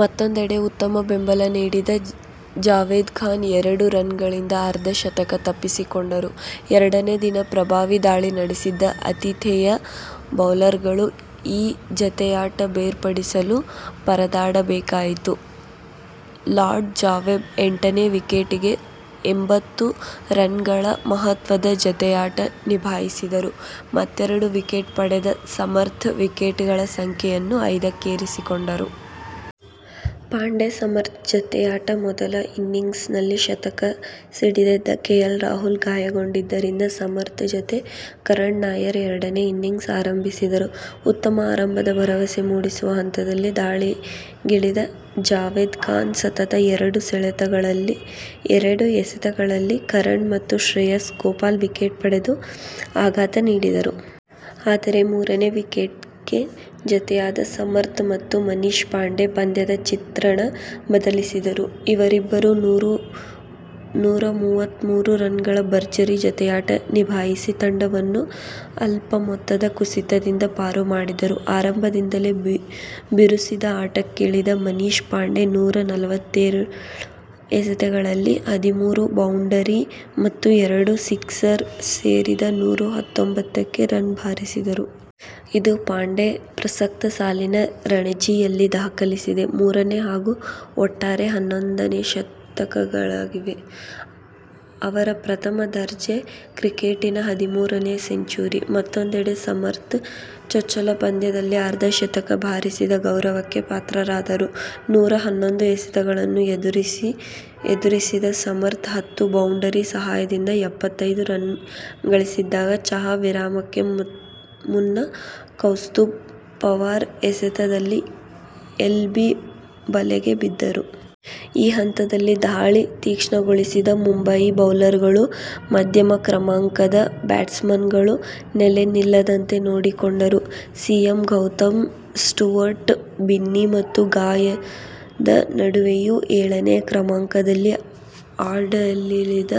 ಮತ್ತೂಂದೆಡೆ ಉತ್ತಮ ಬೆಂಬಲ ನೀಡಿದ ಜಾವೇದ್ ಖಾನ್ ಎರಡು ರನ್ಗಳಿಂದ ಅರ್ಧ ಶತಕ ತಪ್ಪಿಸಿಕೊಂಡರು. ಎರಡನೇ ದಿನ ಪ್ರಭಾವಿ ದಾಳಿ ನಡೆಸಿದ್ದ ಆತಿಥೇಯ ಬೌಲರ್ಗಳು ಈ ಜತೆಯಾಟ ಬೇರ್ಪಡಿಸಲು ಪರದಾಡಬೇಕಾಯಿತು. ಲಾಡ್-ಜಾವೇದ್ ಎಂಟನೇ ವಿಕೆಟಿಗೆ ಎಂಬತ್ತು ರನ್ಗಳ ಮಹತ್ವದ ಜತೆಯಾಟ ನಿಭಾಯಿಸಿದರು. ಮತ್ತೆರಡು ವಿಕೆಟ್ ಪಡೆದ ಸಮರ್ಥ್ ವಿಕೆಟ್ಗಳ ಸಂಖ್ಯೆಯನ್ನು ಐದಕ್ಕೇರಿಸಿಕೊಂಡರು. ಪಾಂಡೆ- ಸಮರ್ಥ್ ಜತೆಯಾಟಮೊದಲ ಇನಿಂಗ್ಸ್ನಲ್ಲಿ ಶತಕ ಸಿಡಿಸಿದ್ದ ಕೆ. ಎಲ್. ರಾಹುಲ್ ಗಾಯಗೊಂಡಿದ್ದರಿಂದ ಸಮರ್ಥ್ ಜತೆ ಕರಣ್ ನಾಯರ್ ಎರಡನೇ ಇನಿಂಗ್ಸ್ ಆರಂಭಿಸಿದರು. ಉತ್ತಮ ಆರಂಭದ ಭರವಸೆ ಮೂಡಿಸುವ ಹಂತದಲ್ಲಿ ದಾಳಿಗಿಳಿದ ಜಾವೇದ್ ಖಾನ್ ಸತತ ಎರಡು ಎಸೆತಗಳಲ್ಲಿ ಕರಣ್ ಮತ್ತು ಶ್ರೇಯಸ್ ಗೋಪಾಲ್ ವಿಕೆಟ್ ಪಡೆದು ಆಘಾತ ನೀಡಿದರು. ಆದರೆ ಮೂರನೇ ವಿಕೆಟ್ಗೆ ಜತೆಯಾದ ಸಮರ್ಥ್ ಮತ್ತು ಮನೀಷ್ ಪಾಂಡೆ ಪಂದ್ಯದ ಚಿತ್ರಣ ಬದಲಿಸಿದರು. ಇವರಿಬ್ಬರು ನೂರ ಮೂವತ್ಮೂರು ರನ್ಗಳ ಭರ್ಜರಿ ಜತೆಯಾಟ ನಿಭಾಯಿಸಿ ತಂಡವನ್ನು ಅಲ್ಪ ಮೊತ್ತದ ಕುಸಿತದಿಂದ ಪಾರು ಮಾಡಿದರು. ಆರಂಭದಿಂದಲೇ ಬಿರುಸಿನ ಆಟಕ್ಕಿಳಿದ ಮನೀಷ್ ಪಾಂಡೆ ನೂರ ನಲವತ್ತೇಳು ಎಸೆತಗಳಲ್ಲಿ ಹದಿಮೂರು ಬೌಂಡರಿ ಮತ್ತು ಎರಡು ಸಿಕ್ಸರ್ ಸೇರಿದ ನೂರ ಹತ್ತೊಂಬತ್ತು ರನ್ ಬಾರಿಸಿದರು. ಇದು ಪಾಂಡೆ ಪ್ರಸಕ್ತ ಸಾಲಿನ ರಣಜಿಯಲ್ಲಿ ದಾಖಲಿಸಿದ ಮೂರನೇ ಹಾಗೂ ಒಟ್ಟಾರೆ ಹನ್ನೊಂದನೇ ಶತಕವಾಗಿದೆ. ಅವರ ಪ್ರಥಮ ದರ್ಜೆ ಕ್ರಿಕೆಟಿನ ಹದಿಮೂರನೇ ಸೆಂಚುರಿ. ಮತ್ತೂಂದೆಡೆ ಸಮರ್ಥ್ ಚೊಚ್ಚಲ ಪಂದ್ಯದಲ್ಲೇ ಅರ್ಧ ಶತಕ ಬಾರಿಸಿದ ಗೌರವಕ್ಕೆ ಪಾತ್ರರಾದರು. ನೂರ ಹನ್ನೊಂದು ಎಸೆತಗಳನ್ನು ಎದುರಿಸಿದ ಸಮರ್ಥ್ ಹತ್ತು ಬೌಂಡರಿ ಸಹಾಯದಿಂದ ಎಪ್ಪತ್ತೈದು ರನ್ ಗಳಿಸಿದ್ದಾಗ ಚಹಾ ವಿರಾಮಕ್ಕೂ ಮುನ್ನ ಕೌಸ್ತುಭ್ ಪವಾರ್ ಎಸೆತದಲ್ಲಿ ಎಲ್ಬಿ ಬಲೆಗೆ ಬಿದ್ದರು. ಈ ಹಂತದಲ್ಲಿ ದಾಳಿ ತೀಕ್ಷ್ಣಗೊಳಿಸಿದ ಮುಂಬಯಿ ಬೌಲರ್ಗಳು ಮಧ್ಯಮ ಕ್ರಮಾಂಕದ ಬ್ಯಾಟ್ಸ್ಮನ್ಗಳು ನೆಲೆ ನಿಲ್ಲದಂತೆ ನೋಡಿಕೊಂಡರು. C. M. Gautam, Stuart Binny ಮತ್ತು ಗಾಯದ ನಡುವೆಯೂ ಏಳನೇ ಕ್ರಮಾಂಕದಲ್ಲಿ ಆಡಲಿಳಿದ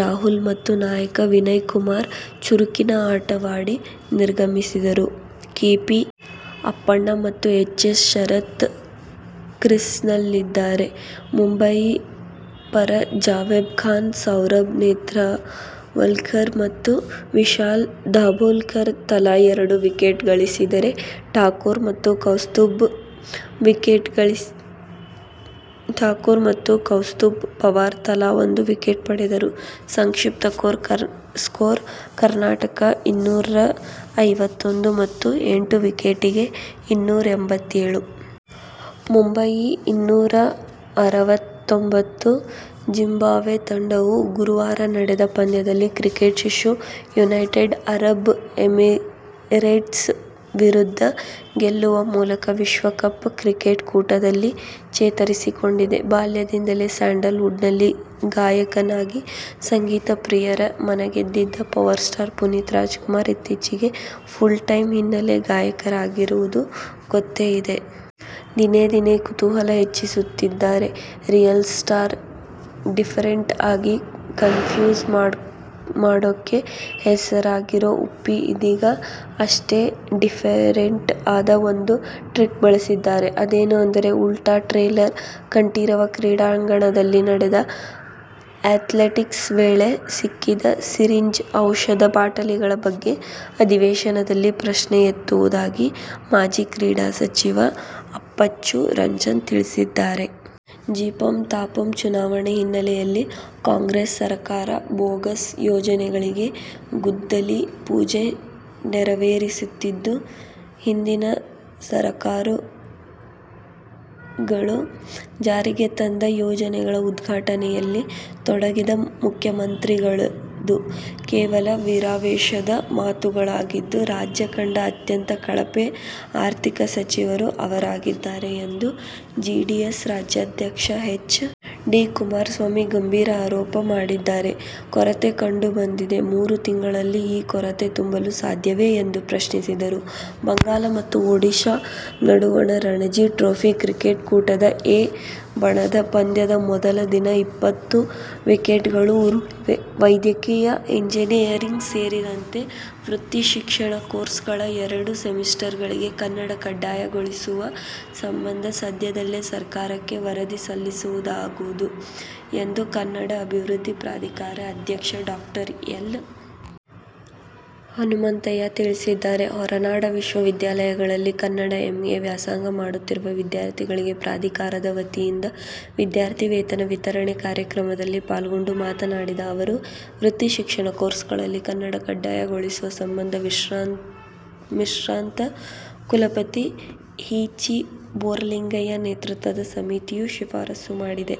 ರಾಹುಲ್ ಮತ್ತು ನಾಯಕ ವಿನಯ್ ಕುಮಾರ್ ಚುರುಕಿನ ಆಟವಾಡಿ ನಿರ್ಗಮಿಸಿದರು. ಕೆ. ಪಿ. ಅಪ್ಪಣ್ಣ ಮತ್ತು ಎಚ್. ಎಸ್. ಶರತ್ ಕ್ರೀಸ್ನಲ್ಲಿದ್ದಾರೆ. ಮುಂಬಯಿ ಪರ ಜಾವೇದ್ ಖಾನ್, ಸೌರಭ್ ನೇತ್ರಾವಲ್ಕರ್ ಮತ್ತು ವಿಶಾಲ್ ದಾಭೋಲ್ಕರ್ ತಲಾ ಎರಡು ವಿಕೆಟ್ ಗಳಿಸಿದರೆ, ಠಾಕೂರ್ ಮತ್ತು ಕೌಸ್ತುಭ್ ಪವಾರ್ ತಲಾ ಒಂದು ವಿಕೆಟ್ ಪಡೆದರು. ಸಂಕ್ಷಿಪ್ತ ಸ್ಕೋರ್: ಕರ್ನಾಟಕ-ಇನ್ನೂರ ಐವತ್ತೊಂದು ಮತ್ತು ಎಂಟು ವಿಕೆಟಿಗೆ ಇನ್ನೂರ ಎಂಬತ್ತೇಳು. ಮುಂಬಯಿ-ಇನ್ನೂರ ಅರವತ್ತೊಂಬತ್ತು. ಜಿಂಬಾಬ್ವೆ ತಂಡವು ಗುರುವಾರ ನಡೆದ ಪಂದ್ಯದಲ್ಲಿ ಕ್ರಿಕೆಟ್ ಶಿಶು ಯುನೈಟೆಡ್ ಅರಬ್ ಎಮಿರೇಟ್ಸ್ ವಿರುದ್ಧ ಗೆಲ್ಲುವ ಮೂಲಕ ವಿಶ್ವ ಕಪ್ ಕ್ರಿಕೆಟ್ ಕೂಟದಲ್ಲಿ ಚೇತರಿಸಿಕೊಂಡಿದೆ. ಬಾಲ್ಯದಿಂದಲೇ ಸ್ಯಾಂಡಲ್ ವುಡ್'ನಲ್ಲಿ ಗಾಯಕನಾಗಿ ಸಂಗೀತ ಪ್ರಿಯರ ಮನಗೆದ್ದಿದ್ದ ಪವರ್ ಸ್ಟಾರ್ ಪುನೀತ್ ರಾಜ್ ಕುಮಾರ್ ಇತ್ತೀಚೆಗೆ ಫುಲ್ ಟೈಂ ಹಿನ್ನಲೆ ಗಾಯಕರಾಗಿರುವುದು ಗೊತ್ತೆ ಇದೆ. ದಿನೇ ದಿನೇ ಕುತೂಹಲ ಹೆಚ್ಚಿಸುತ್ತಿದ್ದಾರೆ ರಿಯಲ್ ಸ್ಟಾರ್, ಡಿಫರೆಂಟ್ ಆಗಿ ಕನ್ ಫ್ಯೂಸ್ ಮಾಡೊಕ್ಕೆ ಹೆಸರಾಗಿರೋ ಉಪ್ಪಿ ಇದೀಗ ಅಷ್ಟೇ ಡಿಫರೆಂಟ್ ಆದ ಒಂದು ಟ್ರಿಕ್ ಬಳಸಿದ್ದಾರೆ. ಅದೇನು ಅಂದರೆ ಉಲ್ಟಾ ಟ್ರೇಲರ್. ಕಂಠೀರವ ಕ್ರೀಡಾಂಗಣದಲ್ಲಿ ನಡೆದ ಆ್ಯತ್ಲೆಟಿಕ್ಸ್ ವೇಳೆ ಸಿಕ್ಕಿದ ಸಿರಿಂಜ್, ಔಷಧ ಬಾಟಲಿಗಳ ಬಗ್ಗೆ ಅಧಿವೇಶನದಲ್ಲಿ ಪ್ರಶ್ನೆ ಎತ್ತುವುದಾಗಿ ಮಾಜಿ ಕ್ರೀಡಾ ಸಚಿವ ಅಪ್ಪಚ್ಚು ರಂಜನ್ ತಿಳಿಸಿದ್ದಾರೆ. ಜಿಪಂ, ತಾಪಂ ಚುನಾವಣೆ ಹಿನ್ನೆಲೆಯಲ್ಲಿ ಕಾಂಗ್ರೆಸ್ ಸರಕಾರ ಬೋಗಸ್ ಯೋಜನೆಗಳಿಗೆ ಗುದ್ದಲಿ ಪೂಜೆ ನೆರವೇರಿಸುತ್ತಿದೆ. ಹಿಂದಿನ ಸರಕಾರಗಳು ಜಾರಿಗೆ ತಂದ ಯೋಜನೆಗಳ ಉದ್ಘಾಟನೆಯಲ್ಲಿ ತೊಡಗಿದೆ. ಮುಖ್ಯಮಂತ್ರಿಗಳದ್ದು ಕೇವಲ ವೀರಾವೇಶದ ಮಾತುಗಳಾಗಿದ್ದು, ರಾಜ್ಯ ಕಂಡ ಅತ್ಯಂತ ಕಳಪೆ ಆರ್ಥಿಕ ಸಚಿವರು ಅವರಾಗಿದ್ದಾರೆ ಎಂದು ಜೆಡಿಎಸ್ ರಾಜ್ಯಾಧ್ಯಕ್ಷ ಎಚ್. ಡಿ. ಕುಮಾರಸ್ವಾಮಿ ಗಂಭೀರ ಆರೋಪ ಮಾಡಿದ್ದಾರೆ. ಕೊರತೆ ಕಂಡು ಬಂದಿದೆ. ಮೂರು ತಿಂಗಳಲ್ಲಿ ಈ ಕೊರತೆ ತುಂಬಲು ಸಾಧ್ಯವೇ ಎಂದು ಪ್ರಶ್ನಿಸಿದರು. ಬಂಗಾಲ ಮತ್ತು ಒಡಿಶಾ ನಡುವಣ ರಣಜಿ ಟ್ರೋಫಿ ಕ್ರಿಕೆಟ್ ಕೂಟದ 'ಎ' ಬಣದ ಪಂದ್ಯದ ಮೊದಲ ದಿನ ಇಪ್ಪತ್ತು ವಿಕೆಟ್ಗಳು ಉರುಳಿವೆ. ವೈದ್ಯಕೀಯ, ಎಂಜಿನಿಯರಿಂಗ್ ಸೇರಿದಂತೆ ವೃತ್ತಿ ಶಿಕ್ಷಣ ಕೋರ್ಸ್ಗಳ ಎರಡು ಸೆಮಿಸ್ಟರ್ಗಳಿಗೆ ಕನ್ನಡ ಕಡ್ಡಾಯಗೊಳಿಸುವ ಸಂಬಂಧ ಸದ್ಯದಲ್ಲೇ ಸರ್ಕಾರಕ್ಕೆ ವರದಿ ಸಲ್ಲಿಸಲಾಗುವುದು ಎಂದು ಕನ್ನಡ ಅಭಿವೃದ್ಧಿ ಪ್ರಾಧಿಕಾರದ ಅಧ್ಯಕ್ಷ ಡಾಕ್ಟರ್ ಎಲ್. ಹನುಮಂತಯ್ಯ ತಿಳಿಸಿದ್ದಾರೆ. ಹೊರನಾಡ ವಿಶ್ವವಿದ್ಯಾಲಯಗಳಲ್ಲಿ ಕನ್ನಡ ಎಂ. ಎ. ವ್ಯಾಸಂಗ ಮಾಡುತ್ತಿರುವ ವಿದ್ಯಾರ್ಥಿಗಳಿಗೆ ಪ್ರಾಧಿಕಾರದ ವತಿಯಿಂದ ವಿದ್ಯಾರ್ಥಿವೇತನ ವಿತರಣೆ ಕಾರ್ಯಕ್ರಮದಲ್ಲಿ ಪಾಲ್ಗೊಂಡು ಮಾತನಾಡಿದ ಅವರು, ವೃತ್ತಿ ಶಿಕ್ಷಣ ಕೋರ್ಸ್ಗಳಲ್ಲಿ ಕನ್ನಡ ಕಡ್ಡಾಯಗೊಳಿಸುವ ಸಂಬಂಧ ವಿಶ್ರಾಂತ ಕುಲಪತಿ ಹಿ. ಚಿ. ಬೋರಲಿಂಗಯ್ಯ ನೇತೃತ್ವದ ಸಮಿತಿಯೂ ಶಿಫಾರಸು ಮಾಡಿದೆ.